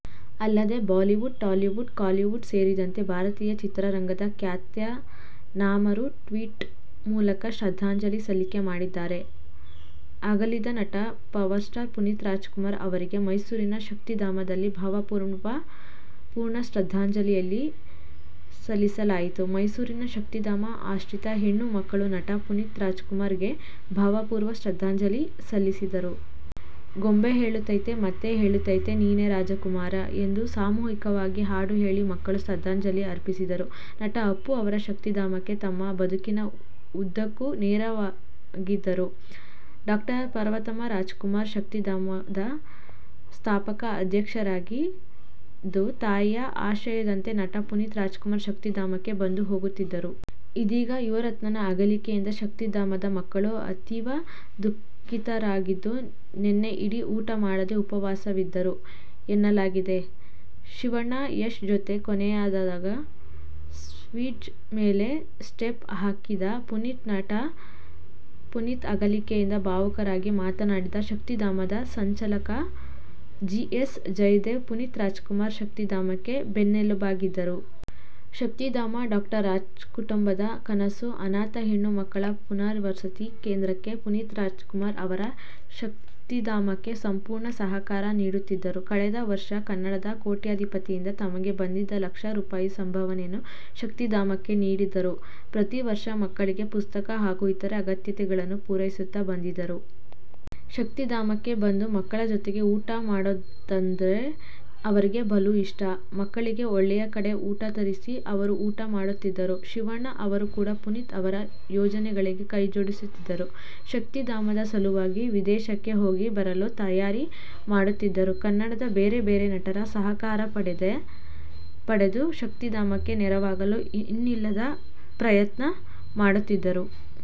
ಅಲ್ಲದೆ Bollywood, Tollywood, Kollywood ಸೇರಿದಂತೆ ಭಾರತೀಯ ಚಿತ್ರರಂಗದ ಖ್ಯಾತನಾಮರು ಟ್ವೀಟ್ ಮೂಲಕ ಶ್ರದ್ಧಾಂಜಲಿ ಸಲ್ಲಿಕೆ ಮಾಡಿದ್ದಾರೆ. ಅಗಲಿದ ನಟ ಪವರ್ ಸ್ಟಾರ್ ಪುನೀತ್ ರಾಜ್ ಕುಮಾರ್ ಅವರಿಗೆ ಮೈಸೂರಿನ ಶಕ್ತಿಧಾಮದಲ್ಲಿ ಭಾವ ಪೂರ್ಣ ಶ್ರದ್ಧಾಂಜಲಿ ಸಲ್ಲಿಸಲಾಯಿತು. ಮೈಸೂರಿನ ಶಕ್ತಿಧಾಮ ಆಶ್ರಿತ ಹೆಣ್ಣು ಮಕ್ಕಳು ನಟ ಪುನೀತ್ ರಾಜ್ ಕುಮಾರ್ ಗೆ ಭಾವ ಪೂರ್ಣ ಶ್ರದ್ಧಾಂಜಲಿ ಸಲ್ಲಿಸಿದರು. ಗೊಂಬೆ ಹೇಳುತೈತೆ.. ಮತ್ತೆ ಹೇಳುತೈತೆ? ನೀನೆ ರಾಜಕುಮಾರ ಎಂದು ಸಾಮೂಹಿಕವಾಗಿ ಹಾಡು ಹೇಳಿ ಮಕ್ಕಳು ಶ್ರದ್ದಾಂಜಲಿ ಅರ್ಪಿಸಿದರು. ನಟ ಅಪ್ಪು ಅವರು ಶಕ್ತಿಧಾಮಕ್ಕೆ ತಮ್ಮ ಬದುಕಿನ ಉದ್ದಕ್ಕೂ ನೆರವಾಗಿದ್ದರು. ಡಾ. ಪಾರ್ವತಮ್ಮ ರಾಜ್ ಕುಮಾರ್ ಶಕ್ತಿಧಾಮದ ಸ್ಥಾಪಕ ಅಧ್ಯಕ್ಷರಾಗಿದ್ದು, ತಾಯಿಯ ಆಶಯದಂತೆ ನಟ ಪುನೀತ್ ರಾಜ್ ಕುಮಾರ್ ಶಕ್ತಿಧಾಮಕ್ಕೆ ಬಂದು ಹೋಗುತ್ತಿದ್ದರು. ಇದೀಗ ಯುವರತ್ನನ ಅಗಲಿಕೆಯಿಂದ ಶಕ್ತಿಧಾಮದ ಮಕ್ಕಳು ಅತೀವ ದು:ಖಿತರಾಗಿದ್ದು ನಿನ್ನೆ ಇಡೀ ಊಟ ಮಾಡದೆ ಉಪವಾಸವಿದ್ದರು ಎನ್ನಲಾಗಿದೆ. ಶಿವಣ್ಣ, ಯಶ್ ಜೊತೆ ಕೊನೆಯದಾಗಿ ಸ್ಟೇಜ್ ಮೇಲೆ ಸ್ಟೆಪ್ ಹಾಕಿದ್ದ ಪುನೀತ್! ನಟ ಪುನೀತ್ ಅಗಲಿಕೆಯಿಂದ ಭಾವುಕರಾಗಿ ಮಾತನಾಡಿದ ಶಕ್ತಿಧಾಮದ ಸಂಚಾಲಕ ಜಿ. ಎಸ್. ಜಯದೇವ್, ಪುನೀತ್ ರಾಜ್ ಕುಮಾರ್ ಶಕ್ತಿಧಾಮಕ್ಕೆ ಬೆನ್ನೆಲುಬಾಗಿದ್ದರು. ಶಕ್ತಿಧಾಮ ಡಾ. ರಾಜ್ ಕುಟುಂಬದ ಕನಸು. ಅನಾಥ ಹೆಣ್ಣು ಮಕ್ಕಳ ಪುನರ್ವಸತಿ ಕೇಂದ್ರಕ್ಕೆ, ಪುನೀತ್ ಅವರು ಶಕ್ತಿಧಾಮಕ್ಕೆ ಸಂಪೂರ್ಣ ಸಹಕಾರ ನೀಡುತ್ತಿದ್ದರು. ಕಳೆದ ವರ್ಷ ಕನ್ನಡದ ಕೋಟ್ಯಧಿಪತಿಯಿಂದ ತಮಗೆ ಬಂದಿದ್ದ ಲಕ್ಷ ರೂಪಾಯಿ ಸಂಭಾವನೆಯನ್ನು ಶಕ್ತಿಧಾಮಕ್ಕೆ ನೀಡಿದ್ದರು. ಪ್ರತೀ ವರ್ಷ ಮಕ್ಕಳಿಗೆ ಪುಸ್ತಕ ಹಾಗೂ ಇತರ ಅಗತ್ಯತೆಗಳನ್ನು ಪೂರೈಸುತ್ತಾ ಬಂದಿದ್ದರು. ಶಕ್ತಿಧಾಮಕ್ಕೆ ಬಂದು ಮಕ್ಕಳ ಜೊತೆ ಊಟ ಮಾಡೋದಂದ್ರೆ ಅವರಿಗೆ ಬಲು ಇಷ್ಟ. ಮಕ್ಕಳಿಗೆ ಒಳ್ಳೆಯ ಕಡೆ ಊಟ ತರಿಸಿ ಅವರೂ ಊಟ ಮಾಡುತ್ತಿದ್ದರು. ಶಿವಣ್ಣ ಅವರೂ ಕೂಡ ಪುನೀತ್ ಅವರ ಯೋಜನೆಗಳಿಗೆ ಕೈಜೋಡಿಸಿದ್ದರು. ಶಕ್ತಿಧಾಮದ ಸಲುವಾಗಿ ವಿದೇಶಕ್ಕೆ ಹೋಗಿ ಬರಲು ತಯಾರಿ ಮಾಡುತ್ತಿದ್ದರು. ಕನ್ನಡದ ಬೇರೆ ಬೇರೆ ನಟರ ಸಹಕಾರ ಪಡೆದು ಶಕ್ತಿಧಾಮಕ್ಕೆ ನೆರವಾಗಲು ಇನ್ನಿಲ್ಲದ ಪ್ರಯತ್ನ ಮಾಡುತ್ತಿದ್ದರು.